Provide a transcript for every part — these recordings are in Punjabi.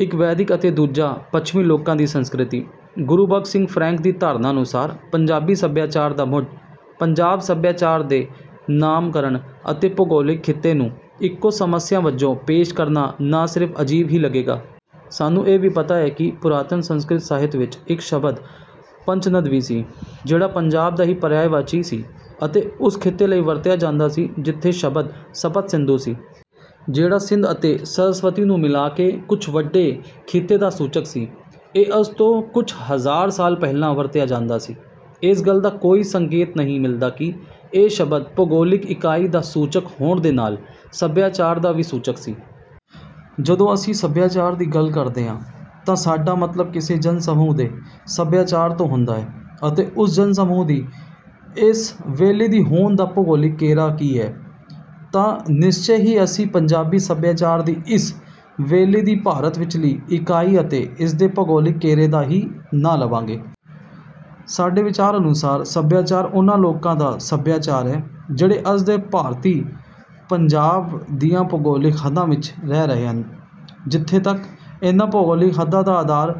ਇੱਕ ਵੈਦਿਕ ਅਤੇ ਦੂਜਾ ਪੱਛਮੀ ਲੋਕਾਂ ਦੀ ਸੰਸਕ੍ਰਿਤੀ। ਗੁਰਬਖਸ਼ ਸਿੰਘ ਫਰੈਂਕ ਦੀ ਧਾਰਨਾ ਅਨੁਸਾਰ ਪੰਜਾਬੀ ਸੱਭਿਆਚਾਰ ਦਾ ਮੁੱਢ। ਪੰਜਾਬ ਸੱਭਿਆਚਾਰ ਦੇ ਨਾਮਕਰਨ ਅਤੇ ਭੂਗੋਲਿਕ ਖਿੱਤੇ ਨੂੰ ਇੱਕੋ ਸਮੱਸਿਆ ਵਜੋਂ ਪੇਸ਼ ਕਰਨਾ ਨਾ ਸਿਰਫ ਅਜੀਬ ਹੀ ਲੱਗੇਗਾ। ਸਾਨੂੰ ਇਹ ਵੀ ਪਤਾ ਹੈ ਕਿ ਪੁਰਾਤਨ ਸੰਸਕ੍ਰਿਤ ਸਾਹਿਤ ਵਿੱਚ ਇੱਕ ਸ਼ਬਦ ਪੰਚਨਦ ਵੀ ਸੀ। ਜਿਹੜਾ ਪੰਜਾਬ ਦਾ ਹੀ ਪਰਿਆਇਵਾਚੀ ਸੀ ਅਤੇ ਉਸ ਖਿੱਤੇ ਲਈ ਵਰਤਿਆ ਜਾਂਦਾ ਸੀ ਜਿੱਥੇ ਸ਼ਬਦ ਸਪਤ ਸਿੰਧੂ ਸੀ। ਜਿਹੜਾ ਸਿੰਧ ਅਤੇ ਸਰਸਵਤੀ ਨੂੰ ਮਿਲਾ ਕੇ ਕੁੱਝ ਵੱਡੇ ਖਿੱਤੇ ਦਾ ਸੂਚਕ ਸੀ। ਇਹ ਅੱਜ ਤੋਂ ਕੁੱਝ ਹਜ਼ਾਰ ਸਾਲ ਪਹਿਲਾਂ ਵਰਤਿਆ ਜਾਂਦਾ ਸੀ। ਇਸ ਗੱਲ ਦਾ ਕੋਈ ਸੰਕੇਤ ਨਹੀਂ ਮਿਲਦਾ ਕਿ ਇਹ ਸ਼ਬਦ ਭੂਗੋਲਿਕ ਇਕਾਈ ਦਾ ਸੂਚਕ ਹੋਣ ਦੇ ਨਾਲ ਸੱਭਿਆਚਾਰ ਦਾ ਵੀ ਸੂਚਕ ਸੀ। ਜਦੋਂ ਅਸੀਂ ਸੱਭਿਆਚਾਰ ਦੀ ਗੱਲ ਕਰਦੇ ਹਾਂ ਤਾਂ ਸਾਡਾ ਮਤਲਬ ਕਿਸੇ ਜਨ ਸਮੂਹ ਦੇ ਸੱਭਿਆਚਾਰ ਤੋਂ ਹੁੰਦਾ ਹੈ ਅਤੇ ਉਸ ਜਨ ਸਮੂਹ ਦੀ ਇਸ ਵੇਲੇ ਦੀ ਹੋਂਦ ਦਾ ਭੂਗੋਲਿਕ ਘੇਰਾ ਕੀ ਹੈ। ਤਾਂ ਨਿਸਚੇ ਹੀ ਅਸੀਂ ਪੰਜਾਬੀ ਸੱਭਿਆਚਾਰ ਦੀ ਇਸ ਵੇਲੇ ਦੀ ਭਾਰਤ ਵਿੱਚਲੀ ਇਕਾਈ ਅਤੇ ਇਸਦੇ ਭੂਗੋਲਿਕ ਘੇਰੇ ਦਾ ਹੀ ਨਾਂ ਲਵਾਂਗੇ। ਸਾਡੇ ਵਿਚਾਰ ਅਨੁਸਾਰ ਸੱਭਿਆਚਾਰ ਉਨ੍ਹਾਂ ਲੋਕਾਂ ਦਾ ਸੱਭਿਆਚਾਰ ਹੈ। ਜਿਹੜੇ ਅੱਜ ਦੇ ਭਾਰਤੀ ਪੰਜਾਬ ਦੀਆਂ ਭੂਗੋਲਿਕ ਹੱਦਾਂ ਵਿੱਚ ਰਹਿ ਰਹੇ ਹਨ। ਜਿੱਥੇ ਤੱਕ ਇਹਨਾਂ ਭੂਗੋਲਿਕ ਹੱਦਾਂ ਦਾ ਆਧਾਰ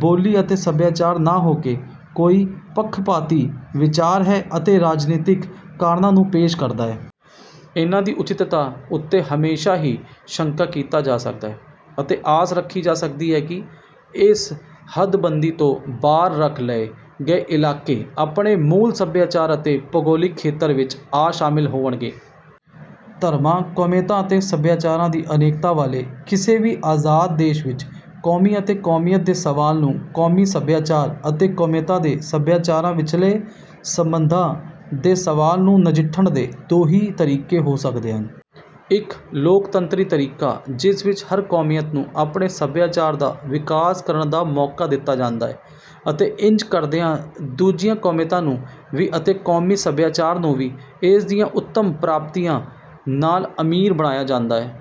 ਬੋਲੀ ਅਤੇ ਸੱਭਿਆਚਾਰ ਨਾ ਹੋ ਕੇ ਕੋਈ ਪੱਖਪਾਤੀ ਵਿਚਾਰ ਹੈ ਅਤੇ ਰਾਜਨੀਤਿਕ ਕਾਰਨਾਂ ਨੂੰ ਪੇਸ਼ ਕਰਦਾ ਹੈ। ਇਹਨਾਂ ਦੀ ਉਚਿਤਤਾ ਉੱਤੇ ਹਮੇਸ਼ਾ ਹੀ ਸ਼ੰਕਾ ਕੀਤਾ ਜਾ ਸਕਦਾ ਹੈ ਅਤੇ ਆਸ ਰੱਖੀ ਜਾ ਸਕਦੀ ਹੈ ਕਿ ਇਸ ਹੱਦਬੰਦੀ ਤੋਂ ਬਾਹਰ ਰੱਖ ਲਏ ਗਏ ਇਲਾਕੇ ਆਪਣੇ ਮੂਲ ਸੱਭਿਆਚਾਰ ਅਤੇ ਭੂਗੋਲਿਕ ਖੇਤਰ ਵਿੱਚ ਆ ਸ਼ਾਮਿਲ ਹੋਵਣਗੇ। ਧਰਮਾਂ ਕੌਮੀਅਤਾਂ ਅਤੇ ਸੱਭਿਆਚਾਰਾਂ ਦੀ ਅਨੇਕਤਾ ਵਾਲੇ ਕਿਸੇ ਵੀ ਅਜ਼ਾਦ ਦੇਸ਼ ਵਿੱਚ ਕੌਮੀ ਅਤੇ ਕੌਮੀਅਤ ਦੇ ਸਵਾਲ ਨੂੰ ਕੌਮੀ ਸੱਭਿਆਚਾਰ ਅਤੇ ਕੌਮੀਅਤਾਂ ਦੇ ਸੱਭਿਆਚਾਰਾਂ ਵਿੱਚਲੇ ਸਬੰਧਾਂ ਦੇ ਸਵਾਲ ਨੂੰ ਨਜਿੱਠਣ ਦੇ ਦੋ ਹੀ ਤਰੀਕੇ ਹੋ ਸਕਦੇ ਹਨ। ਇੱਕ ਲੋਕਤੰਤਰੀ ਤਰੀਕਾ ਜਿਸ ਵਿੱਚ ਹਰ ਕੌਮੀਅਤ ਨੂੰ ਆਪਣੇ ਸੱਭਿਆਚਾਰ ਦਾ ਵਿਕਾਸ ਕਰਨ ਦਾ ਮੌਕਾ ਦਿੱਤਾ ਜਾਂਦਾ ਹੈ ਅਤੇ ਇੰਜ ਕਰਦਿਆਂ ਦੂਜੀਆਂ ਕੌਮੀਅਤਾਂ ਨੂੰ ਵੀ ਅਤੇ ਕੌਮੀ ਸੱਭਿਆਚਾਰ ਨੂੰ ਵੀ ਇਸ ਦੀਆਂ ਉੱਤਮ ਪ੍ਰਾਪਤੀਆਂ ਨਾਲ ਅਮੀਰ ਬਣਾਇਆ ਜਾਂਦਾ ਹੈ।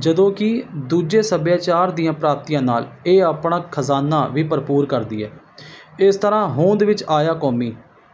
ਜਦੋਂ ਕਿ ਦੂਜੇ ਸੱਭਿਆਚਾਰ ਦੀਆਂ ਪ੍ਰਾਪਤੀਆਂ ਨਾਲ ਇਹ ਆਪਣਾ ਖਜ਼ਾਨਾ ਵੀ ਭਰਪੂਰ ਕਰਦੀ ਹੈ। ਇਸ ਤਰ੍ਹਾਂ ਹੋਂਦ ਵਿੱਚ ਆਇਆ ਕੌਮੀ